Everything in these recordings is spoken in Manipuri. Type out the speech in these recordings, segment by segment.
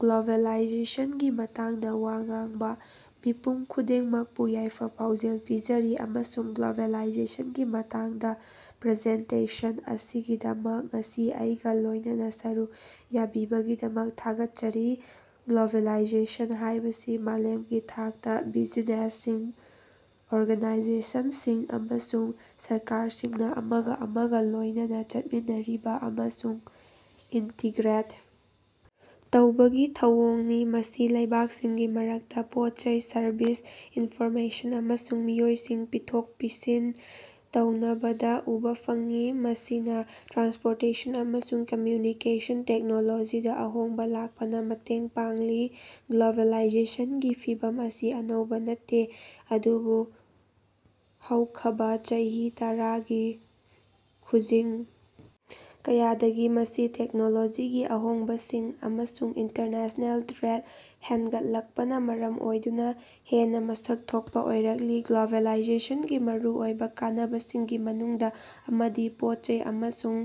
ꯒ꯭ꯂꯣꯕꯦꯂꯥꯏꯖꯦꯁꯟꯒꯤ ꯃꯇꯥꯡꯗ ꯋꯥ ꯉꯥꯡꯕ꯫ ꯃꯤꯄꯨꯝ ꯈꯨꯗꯤꯡꯃꯛꯄꯨ ꯌꯥꯏꯐ-ꯄꯥꯎꯖꯦꯜ ꯄꯤꯖꯔꯤ, ꯑꯃꯁꯨꯡ ꯒ꯭ꯂꯣꯕꯦꯂꯥꯏꯖꯦꯁꯟꯒꯤ ꯃꯇꯥꯡꯗ ꯄ꯭ꯔꯖꯦꯟꯇꯦꯁꯟ ꯑꯁꯤꯒꯤꯗꯃꯛ ꯉꯁꯤ ꯑꯩꯒ ꯂꯣꯏꯅꯅ ꯁꯔꯨꯛ ꯌꯥꯕꯤꯕꯒꯤꯗꯃꯛ ꯊꯥꯒꯠꯆꯔꯤ꯫ ꯒ꯭ꯂꯣꯕꯦꯂꯥꯏꯖꯦꯁꯟ ꯍꯥꯏꯕꯁꯤ ꯃꯥꯂꯦꯝꯒꯤ ꯊꯥꯛꯇ ꯕꯤꯖꯤꯅꯦꯁꯁꯤꯡ, ꯑꯣꯔꯒꯅꯥꯏꯖꯦꯁꯟꯁꯤꯡ ꯑꯃꯁꯨꯡ ꯁꯔꯀꯥꯔꯁꯤꯡꯅ ꯑꯃꯒꯥ ꯑꯃꯒꯥ ꯂꯣꯏꯅꯅ ꯆꯠꯃꯤꯟꯅꯔꯤꯕ ꯑꯃꯁꯨꯡ ꯏꯟꯇꯤꯒ꯭ꯔꯦꯠ ꯇꯧꯕꯒꯤ ꯊꯧꯑꯣꯡꯅꯤ꯫ ꯃꯁꯤ ꯂꯩꯕꯥꯛꯁꯤꯡꯒꯤ ꯃꯔꯛꯇ ꯄꯣꯠ-ꯆꯩ, ꯁꯔꯕꯤꯁ, ꯏꯟꯐꯣꯔꯃꯦꯁꯟ, ꯑꯃꯁꯨꯡ ꯃꯤꯑꯣꯏꯁꯤꯡ ꯄꯤꯊꯣꯛ-ꯄꯤꯁꯤꯟ ꯇꯧꯅꯕꯗ ꯎꯕ ꯐꯪꯏ, ꯃꯁꯤꯅ ꯇ꯭ꯔꯥꯟꯁꯄꯣꯔꯇꯦꯁꯟ ꯑꯃꯁꯨꯡ ꯀꯝꯃ꯭ꯌꯨꯅꯤꯀꯦꯁꯟ ꯇꯦꯛꯅꯣꯂꯣꯖꯤꯗ ꯑꯍꯣꯡꯕ ꯂꯥꯛꯄꯅ ꯃꯇꯦꯡ ꯄꯥꯡꯂꯤ꯫ ꯒ꯭ꯂꯣꯕꯦꯂꯥꯏꯖꯦꯁꯟꯒꯤ ꯐꯤꯚꯝ ꯑꯁꯤ ꯑꯅꯧꯕ ꯅꯠꯇꯦ, ꯑꯗꯨꯕꯨ ꯍꯧꯈꯕꯥ ꯆꯍꯤ ꯇꯔꯥꯒꯤ ꯈꯨꯖꯤꯡ ꯀꯌꯥꯗꯒꯤ ꯃꯁꯤ ꯇꯦꯛꯅꯣꯂꯣꯖꯤꯒꯤ ꯑꯍꯣꯡꯕꯁꯤꯡ ꯑꯃꯁꯨꯡ ꯏꯟꯇꯔꯅꯦꯁꯅꯦꯜ ꯇ꯭ꯔꯦꯗ ꯍꯦꯟꯒꯠꯂꯛꯄꯅꯥ ꯃꯔꯝ ꯑꯣꯏꯗꯨꯅ ꯍꯦꯟꯅ ꯃꯁꯛ ꯊꯣꯛꯄ ꯑꯣꯏꯔꯛꯂꯤ꯫ ꯒ꯭ꯂꯣꯕꯦꯂꯥꯏꯖꯦꯁꯟꯒꯤ ꯃꯔꯨꯑꯣꯏꯕ ꯀꯥꯟꯅꯕꯁꯤꯡꯒꯤ ꯃꯅꯨꯡꯗ ꯑꯃꯗꯤ ꯄꯣꯠ-ꯆꯩ ꯑꯃꯁꯨꯡ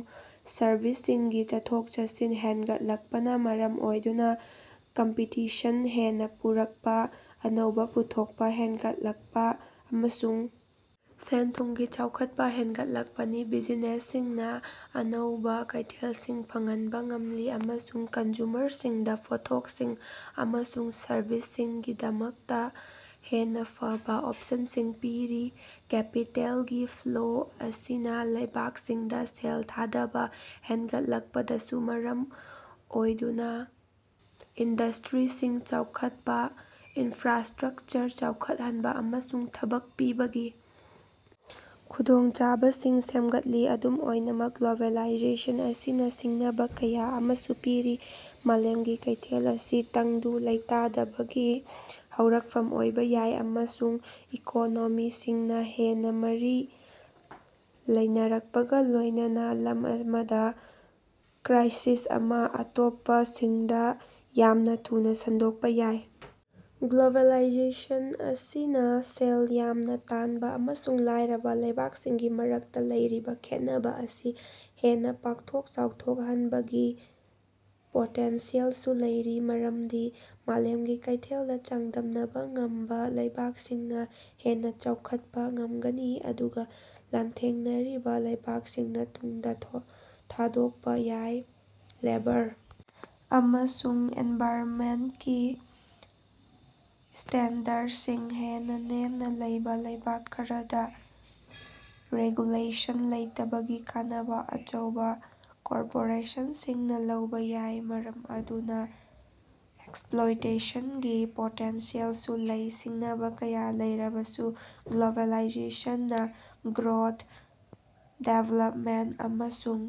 ꯁꯔꯕꯤꯁꯁꯤꯡꯒꯤ ꯆꯠꯊꯣꯛ-ꯆꯠꯁꯤꯟ ꯍꯦꯟꯒꯠꯂꯛꯄꯅ ꯃꯔꯝ ꯑꯣꯏꯗꯨꯅ ꯀꯝꯄꯤꯇꯤꯁꯟ ꯍꯦꯟꯅ ꯄꯨꯔꯛꯄ, ꯑꯅꯧꯕꯥ ꯄꯨꯊꯣꯛꯄ ꯍꯦꯟꯒꯠꯂꯛꯄ, ꯑꯃꯁꯨꯡ ꯁꯦꯟ-ꯊꯨꯝꯒꯤ ꯆꯥꯎꯈꯠꯄ ꯍꯦꯟꯒꯠꯂꯛꯄꯅꯤ꯫ ꯕꯤꯖꯤꯅꯦꯁꯁꯤꯡꯅ ꯑꯅꯧꯕ ꯀꯩꯊꯦꯜꯁꯤꯡ ꯐꯪꯍꯟꯕ ꯉꯝꯂꯤ, ꯑꯃꯁꯨꯡ ꯀꯟꯖꯨꯃꯔꯁꯤꯡꯗ ꯄꯣꯠꯊꯣꯛꯁꯤꯡ ꯑꯃꯁꯨꯡ ꯁꯔꯕꯤꯁꯁꯤꯡꯒꯤꯗꯃꯛꯇ ꯍꯦꯟꯅ ꯐꯕ ꯑꯣꯄꯁꯟꯁꯤꯡ ꯄꯤꯔꯤ꯫ ꯀꯦꯄꯤꯇꯦꯜꯒꯤ ꯐ꯭ꯂꯣ ꯑꯁꯤꯅ ꯂꯩꯕꯥꯛꯁꯤꯡꯗ ꯁꯦꯜ ꯊꯥꯗꯕ ꯍꯦꯟꯒꯠꯂꯛꯄꯁꯨ ꯃꯔꯝ ꯑꯣꯏꯗꯨꯅ ꯏꯟꯗꯁ꯭ꯇꯔꯤꯁꯤꯡ ꯆꯥꯎꯈꯠꯄ, ꯏꯟꯐ꯭ꯔꯥꯁꯇꯔꯛꯆꯔ ꯆꯥꯎꯈꯠꯍꯟꯕ, ꯑꯃꯁꯨꯡ ꯊꯕꯛ ꯄꯤꯕꯒꯤ ꯈꯨꯗꯣꯡꯆꯥꯕꯁꯤꯡ ꯁꯦꯝꯒꯠꯂꯤ꯫ ꯑꯗꯨꯝ ꯑꯣꯏꯅꯃꯛ, ꯒ꯭ꯂꯣꯕꯦꯂꯥꯏꯖꯦꯁꯟ ꯑꯁꯤꯅ ꯁꯤꯡꯅꯕ ꯀꯌꯥ ꯑꯃꯁꯨ ꯄꯤꯔꯤ꯫ ꯃꯥꯂꯦꯝꯒꯤ ꯀꯩꯊꯦꯜ ꯑꯁꯤ ꯇꯪꯗꯨ ꯂꯩꯇꯥꯗꯕꯒꯤ ꯍꯧꯔꯛꯐꯝ ꯑꯣꯏꯕ ꯌꯥꯏ, ꯑꯃꯁꯨꯡ ꯏꯀꯣꯅꯣꯃꯤꯁꯤꯡꯅ ꯍꯦꯟꯅ ꯃꯔꯤ ꯂꯩꯅꯔꯛꯄꯒ ꯂꯣꯏꯅꯅ ꯂꯝ ꯑꯃꯗ ꯀ꯭ꯔꯥꯏꯁꯤꯁ ꯑꯃ ꯑꯇꯣꯞꯄꯁꯤꯡꯗ ꯌꯥꯝꯅ ꯊꯨꯅ ꯁꯟꯗꯣꯛꯄ ꯌꯥꯏ꯫ ꯒ꯭ꯂꯣꯕꯦꯂꯥꯏꯖꯦꯁꯟ ꯑꯁꯤꯅ ꯁꯦꯜ ꯌꯥꯝꯅ ꯇꯥꯟꯕ ꯑꯃꯁꯨꯡ ꯂꯥꯏꯔꯕ ꯂꯩꯕꯥꯛꯁꯤꯡꯒꯤ ꯃꯔꯛꯇ ꯂꯩꯔꯤꯕ ꯈꯦꯠꯅꯕ ꯑꯁꯤ ꯍꯦꯟꯅ ꯄꯥꯛꯊꯣꯛ ꯆꯥꯎꯊꯣꯛꯍꯟꯕꯒꯤ ꯄꯣꯇꯦꯟꯁꯤꯌꯦꯜꯁꯨ ꯂꯩꯔꯤ, ꯃꯔꯝꯗꯤ ꯃꯥꯂꯦꯝꯒꯤ ꯀꯩꯊꯦꯜꯗ ꯆꯥꯡꯗꯝꯅꯕ ꯉꯝꯕ ꯂꯩꯕꯥꯛꯁꯤꯡꯅ ꯍꯦꯟꯅ ꯆꯥꯎꯈꯠꯄ ꯉꯝꯒꯅꯤ, ꯑꯗꯨꯒ ꯂꯥꯟꯊꯦꯡꯅꯔꯤꯕ ꯂꯩꯕꯥꯛꯁꯤꯡꯅ ꯇꯨꯡꯗ ꯊꯥꯗꯣꯛꯄ ꯌꯥꯏ꯫ ꯂꯦꯕꯔ ꯑꯃꯁꯨꯡ ꯑꯦꯟꯚꯥꯏꯔꯅꯃꯦꯟꯇꯀꯤ ꯁ꯭ꯇꯦꯟꯗꯔꯗꯁꯤꯡ ꯍꯦꯟꯅ ꯅꯦꯝꯅ ꯂꯩꯕꯥ ꯂꯩꯕꯥꯛ ꯈꯔꯗ ꯔꯦꯒꯨꯂꯦꯁꯟ ꯂꯩꯇꯕꯒꯤ ꯀꯥꯟꯅꯕ ꯑꯆꯧꯕ ꯀꯣꯔꯄꯣꯔꯦꯁꯟꯁꯤꯡꯅ ꯂꯧꯕ ꯌꯥꯏ, ꯃꯔꯝ ꯑꯗꯨꯅ ꯑꯦꯛꯁꯄꯂꯣꯏꯇꯦꯁꯟꯒꯤ ꯄꯣꯇꯦꯟꯁꯤꯌꯦꯜꯁꯨ ꯂꯩ꯫ ꯁꯤꯡꯅꯕ ꯀꯌꯥ ꯂꯩꯔꯕꯁꯨ, ꯒ꯭ꯂꯣꯕꯦꯂꯥꯏꯖꯦꯁꯟꯅꯥ ꯒ꯭ꯔꯣꯊ, ꯗꯤꯕꯦꯂꯄꯃꯦꯟꯇ ꯑꯃꯁꯨꯡ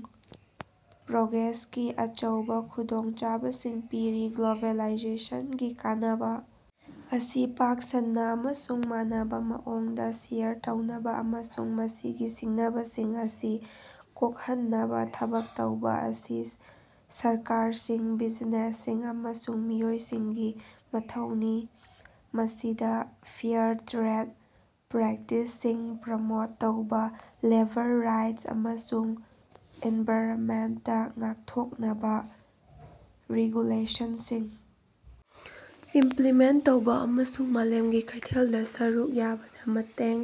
ꯄ꯭ꯔꯣꯒ꯭ꯔꯦꯁꯀꯤ ꯑꯆꯧꯕ ꯈꯨꯗꯣꯡꯆꯥꯕꯁꯤꯡ ꯄꯤꯔꯤ꯫ ꯒ꯭ꯂꯣꯕꯦꯂꯥꯏꯖꯦꯁꯅꯒꯤ ꯀꯥꯟꯅꯕꯥ ꯑꯁꯤ ꯄꯥꯛ ꯁꯟꯅꯥ ꯑꯃꯁꯨꯡ ꯃꯥꯟꯅꯕꯥ ꯃꯑꯣꯡꯗꯥ ꯁꯦꯌꯔ ꯇꯧꯅꯕꯥ, ꯑꯃꯁꯨꯡ ꯃꯁꯤꯒꯤ ꯁꯤꯡꯅꯕꯁꯤꯡ ꯑꯁꯤ ꯀꯣꯀꯍꯟꯅꯕꯥ ꯊꯕꯛ ꯇꯧꯕꯥ ꯑꯁꯤ ꯁꯔꯀꯥꯔꯁꯤꯡ, ꯕꯤꯖꯤꯅꯦꯁꯁꯤꯡ ꯑꯃꯁꯨꯡ ꯃꯤꯑꯣꯏꯁꯤꯡꯒꯤ ꯃꯊꯧꯅꯤ꯫ ꯃꯁꯤꯗ ꯐꯦꯌꯔ ꯇ꯭ꯔꯦꯗ ꯄ꯭ꯔꯦꯛꯇꯤꯁꯁꯤꯡ ꯄ꯭ꯔꯃꯣꯠ ꯇꯧꯕꯥ, ꯂꯦꯕꯔ ꯔꯥꯏꯠꯁ ꯑꯃꯁꯨꯡ ꯑꯦꯟꯚꯥꯏꯔꯅꯃꯦꯟꯇ ꯉꯥꯛꯊꯣꯛꯅꯕꯥ ꯔꯤꯒꯨꯂꯦꯁꯟꯁꯤꯡ ꯏꯃꯄꯂꯤꯃꯦꯟꯇ ꯇꯧꯕ, ꯑꯃꯁꯨꯡ ꯃꯥꯂꯦꯝꯒꯤ ꯀꯩꯊꯦꯜꯗ ꯁꯔꯨꯛ ꯌꯥꯕꯗ ꯃꯇꯦꯡ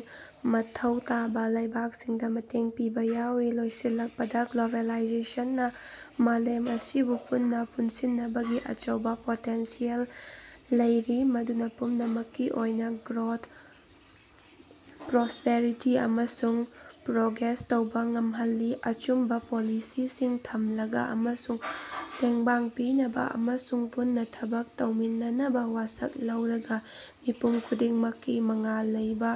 ꯃꯊꯧ ꯇꯥꯕ ꯂꯩꯕꯥꯛꯁꯤꯡꯗ ꯃꯇꯦꯡ ꯄꯤꯕ ꯌꯥꯎꯔꯤ꯫ ꯂꯣꯏꯁꯤꯜꯂꯛꯄꯗꯥ, ꯒ꯭ꯂꯣꯕꯦꯂꯥꯏꯖꯦꯁꯟꯅ ꯃꯥꯂꯦꯝ ꯑꯁꯤꯕꯨ ꯄꯨꯟꯅ ꯄꯨꯟꯁꯤꯟꯅꯕꯒꯤ ꯑꯆꯧꯕ ꯄꯣꯇꯦꯟꯁꯤꯌꯦꯜ ꯂꯩꯔꯤ ꯃꯗꯨꯅ ꯄꯨꯝꯅꯃꯛꯀꯤ ꯑꯣꯏꯅ ꯒ꯭ꯔꯣꯊ, ꯄ꯭ꯔꯣꯁꯄꯦꯔꯤꯇꯤ ꯑꯃꯁꯨꯡ ꯄ꯭ꯔꯣꯒ꯭ꯔꯦꯁ ꯇꯧꯕꯥ ꯉꯝꯍꯜꯂꯤ꯫ ꯑꯆꯨꯝꯕ ꯄꯣꯂꯤꯁꯤꯁꯤꯡ ꯊꯝꯂꯒꯥ, ꯑꯃꯁꯨꯡ ꯇꯦꯡꯕꯥꯡ ꯄꯤꯅꯕ ꯑꯃꯁꯨꯡ ꯄꯨꯟꯅ ꯊꯕꯛ ꯇꯧꯃꯤꯟꯅꯅꯕ ꯋꯥꯁꯛ ꯂꯧꯔꯒꯥ, ꯃꯤꯄꯨꯝ ꯈꯨꯗꯤꯡꯃꯛꯀꯤ ꯃꯉꯥꯜ ꯂꯩꯕꯥ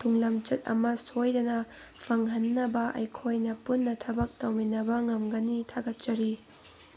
ꯇꯨꯡꯂꯝꯆꯠ ꯑꯃ ꯁꯣꯏꯗꯅ ꯐꯪꯍꯟꯅꯕ ꯑꯩꯈꯣꯏꯅ ꯄꯨꯟꯅ ꯊꯕꯛ ꯇꯧꯃꯤꯟꯅꯕ ꯉꯝꯒꯅꯤ꯫ ꯊꯥꯒꯠꯆꯔꯤ.